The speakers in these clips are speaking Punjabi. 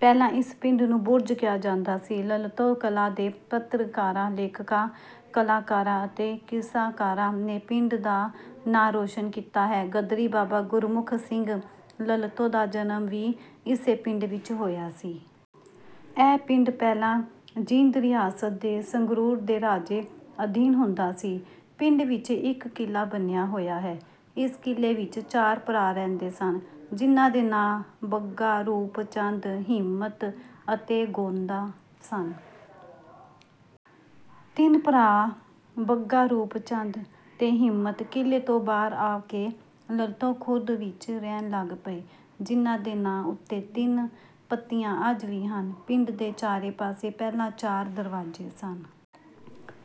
ਪਹਿਲਾਂ ਇਸ ਪਿੰਡ ਨੂੰ ਬੁਰਜ ਕਿਹਾ ਜਾਂਦਾ ਸੀ। ਲਲਤੋਂ ਕਲਾਂ ਦੇ ਪੱਤਰਕਾਰਾਂ, ਲੇਖਕਾਂ, ਕਲਾਕਾਰਾਂ ਅਤੇ ਕਿੱਸਾਕਾਰਾਂ ਨੇ ਪਿੰਡ ਦਾ ਨਾਂ ਰੌਸ਼ਨ ਕੀਤਾ ਹੈ। ਗ਼ਦਰੀ ਬਾਬਾ ਗੁਰਮੁਖ ਸਿੰਘ ਲਲਤੋਂ ਦਾ ਜਨਮ ਵੀ ਇਸੇ ਪਿੰਡ ਵਿੱਚ ਹੋਇਆ ਸੀ। ਇਹ ਪਿੰਡ ਪਹਿਲਾਂ ਜੀਂਦ ਰਿਆਸਤ ਦੇ ਸੰਗਰੂਰ ਦੇ ਰਾਜੇ ਅਧੀਨ ਹੁੰਦਾ ਸੀ। ਪਿੰਡ ਵਿੱਚ ਇੱਕ ਕਿਲ੍ਹਾ ਬਣਿਆ ਹੋਇਆ ਹੈ। ਇਸ ਕਿਲ੍ਹੇ ਵਿੱਚ ਚਾਰ ਭਰਾ ਰਹਿੰਦੇ ਸਨ ਜਿਨ੍ਹਾਂ ਦੇ ਨਾਂ ਬੱਗਾ, ਰੂਪ ਚੰਦ, ਹਿੰਮਤ ਅਤੇ ਗੋਦਾਂ ਸਨ। ਤਿੰਨ ਭਰਾ ਬੱਗਾ, ਰੂਪ ਚੰਦ ਅਤੇ ਹਿੰਮਤ ਕਿਲ੍ਹੇ ਤੋਂ ਬਾਹਰ ਆ ਕੇ ਲਲਤੋਂ ਖੁਰਦ ਵਿੱਚ ਰਹਿਣ ਲੱਗ ਪਏ। ਜਿਨ੍ਹਾਂ ਦੇ ਨਾਂ ਉੱਤੇ ਤਿੰਨ ਪੱਤੀਆਂ ਅੱਜ ਵੀ ਹਨ। ਪਿੰਡ ਦੇ ਚਾਰੇ ਪਾਸੇ ਪਹਿਲਾਂ ਚਾਰ ਦਰਵਾਜ਼ੇ ਸਨ।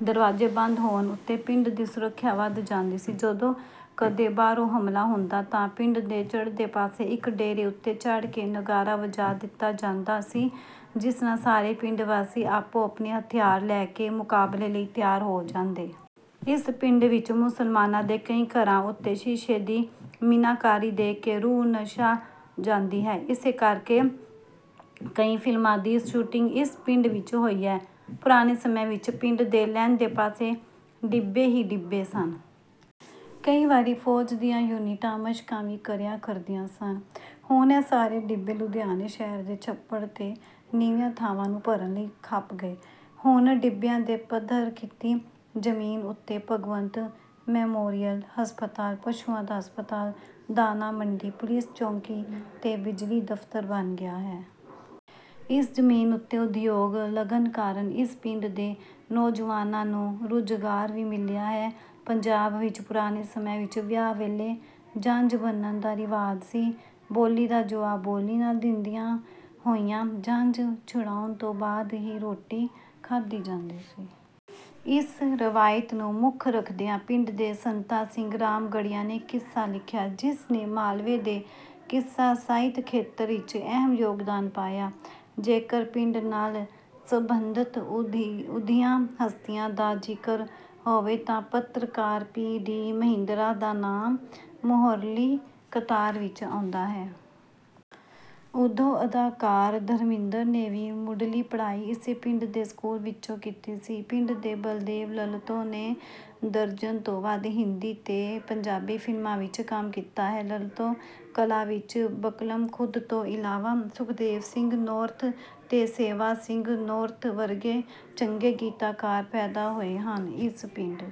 ਦਰਵਾਜ਼ੇ ਬੰਦ ਹੋਣ ਉੱਤੇ ਪਿੰਡ ਦੀ ਸੁਰੱਖਿਆ ਵੱਧ ਜਾਂਦੀ ਸੀ। ਜਦੋਂ ਕਦੇ ਬਾਹਰੋਂ ਹਮਲਾ ਹੁੰਦਾ, ਤਾਂ ਪਿੰਡ ਦੇ ਚੜ੍ਹਦੇ ਪਾਸੇ ਇੱਕ ਡੇਰੇ ਉੱਤੇ ਚੜ੍ਹ ਕੇ ਨਗਾਰਾ ਵਜਾ ਦਿੱਤਾ ਜਾਂਦਾ ਸੀ। ਜਿਸ ਨਾਲ ਸਾਰੇ ਪਿੰਡ ਵਾਸੀ ਆਪੋ-ਆਪਣੇ ਹਥਿਆਰ ਲੈ ਕੇ ਮੁਕਾਬਲੇ ਲਈ ਤਿਆਰ ਹੋ ਜਾਂਦੇ। ਇਸ ਪਿੰਡ ਵਿੱਚ ਮੁਸਲਮਾਨਾਂ ਦੇ ਕਈ ਘਰਾਂ ਉੱਤੇ ਸ਼ੀਸ਼ੇ ਦੀ ਮੀਨਾਕਾਰੀ ਦੇਖ ਕੇ ਰੂਹ ਨਸ਼ਾ ਜਾਂਦੀ ਹੈ। ਇਸੇ ਕਰਕੇ ਕਈ ਫ਼ਿਲਮਾਂ ਦੀ ਸ਼ੂਟਿੰਗ ਇਸ ਪਿੰਡ ਵਿੱਚ ਹੋਈ ਹੈ। ਪੁਰਾਣੇ ਸਮੇਂ ਵਿੱਚ ਪਿੰਡ ਦੇ ਲਹਿੰਦੇ ਪਾਸੇ ਟਿੱਬੇ ਹੀ ਟਿੱਬੇ ਸਨ। ਕਈ ਵਾਰੀ ਫ਼ੌਜ ਦੀਆਂ ਯੂਨਿਟਾਂ ਮਸ਼ਕਾਂ ਵੀ ਕਰਿਆ ਕਰਦੀਆਂ ਸਨ। ਹੁਣ ਇਹ ਸਾਰੇ ਟਿੱਬੇ ਲੁਧਿਆਣੇ ਸ਼ਹਿਰ ਦੇ ਛੱਪੜ ਅਤੇ ਨੀਵੀਆਂ ਥਾਵਾਂ ਨੂੰ ਭਰਨ ਲਈ ਖਪ ਗਏ। ਹੁਣ ਟਿੱਬਿਆਂ ਦੀ ਪੱਧਰ ਕੀਤੀ ਜ਼ਮੀਨ ਉੱਤੇ ਭਗਵੰਤ ਮੈਮੋਰੀਅਲ ਹਸਪਤਾਲ, ਪਸ਼ੂਆਂ ਦਾ ਹਸਪਤਾਲ, ਦਾਣਾ ਮੰਡੀ, ਪੁਲੀਸ ਚੌਕੀ ਅਤੇ ਬਿਜਲੀ ਦਫ਼ਤਰ ਬਣ ਗਿਆ ਹੈ। ਇਸ ਜ਼ਮੀਨ ਉੱਤੇ ਉਦਯੋਗ ਲੱਗਣ ਕਾਰਨ ਇਸ ਪਿੰਡ ਦੇ ਨੌਜਵਾਨਾਂ ਨੂੰ ਰੁਜ਼ਗਾਰ ਵੀ ਮਿਲਿਆ ਹੈ। ਪੰਜਾਬ ਵਿੱਚ ਪੁਰਾਣੇ ਸਮੇਂ ਵਿੱਚ ਵਿਆਹ ਵੇਲੇ ਜੰਝ ਬੰਨ੍ਹਣ ਦਾ ਰਿਵਾਜ ਸੀ। ਬੋਲੀ ਦਾ ਜਵਾਬ ਬੋਲੀ ਨਾਲ ਦਿੰਦਿਆਂ ਹੋਇਆਂ ਜੰਝ ਛੁਡਾਉਣ ਤੋਂ ਬਾਅਦ ਹੀ ਰੋਟੀ ਖਾਧੀ ਜਾਂਦੀ ਸੀ। ਇਸ ਰਵਾਇਤ ਨੂੰ ਮੁੱਖ ਰੱਖਦਿਆਂ ਪਿੰਡ ਦੇ ਸੰਤਾ ਸਿੰਘ ਰਾਮਗੜ੍ਹੀਆ ਨੇ ਕਿੱਸਾ ਲਿਖਿਆ, ਜਿਸ ਨੇ ਮਾਲਵੇ ਦੇ ਕਿੱਸਾ ਸਾਹਿਤ ਖੇਤਰ ਵਿੱਚ ਅਹਿਮ ਯੋਗਦਾਨ ਪਾਇਆ। ਜੇਕਰ ਪਿੰਡ ਨਾਲ ਸਬੰਧਤ ਉੱਘੀਆਂ ਹਸਤੀਆਂ ਦਾ ਜ਼ਿਕਰ ਹੋਵੇ, ਤਾਂ ਪੱਤਰਕਾਰ ਪੀ ਡੀ ਮਹਿੰਦਰਾ ਦਾ ਨਾਮ ਮੂਹਰਲੀ ਕਤਾਰ ਵਿੱਚ ਆਉਂਦਾ ਹੈ। ਉੱਘੇ ਅਦਾਕਾਰ ਧਰਮਿੰਦਰ ਨੇ ਵੀ ਮੁਢਲੀ ਪੜ੍ਹਾਈ ਇਸੇ ਪਿੰਡ ਦੇ ਸਕੂਲ ਵਿੱਚੋਂ ਕੀਤੀ ਸੀ। ਪਿੰਡ ਦੇ ਬਲਦੇਵ ਲਲਤੋਂ ਨੇ ਦਰਜਨ ਤੋਂ ਵੱਧ ਹਿੰਦੀ ਅਤੇ ਪੰਜਾਬੀ ਫ਼ਿਲਮਾਂ ਵਿੱਚ ਕੰਮ ਕੀਤਾ ਹੈ। ਲਲਤੋਂ ਕਲਾਂ ਵਿੱਚ ਬਕਲਮਖੁਦ ਤੋਂ ਇਲਾਵਾ ਸੁਖਦੇਵ ਸਿੰਘ ਨੌਰਥ ਅਤੇ ਸੇਵਾ ਸਿੰਘ ਨੌਰਥ ਵਰਗੇ ਚੰਗੇ ਗੀਤਕਾਰ ਪੈਦਾ ਹੋਏ ਹਨ। ਇਸ ਪਿੰਡ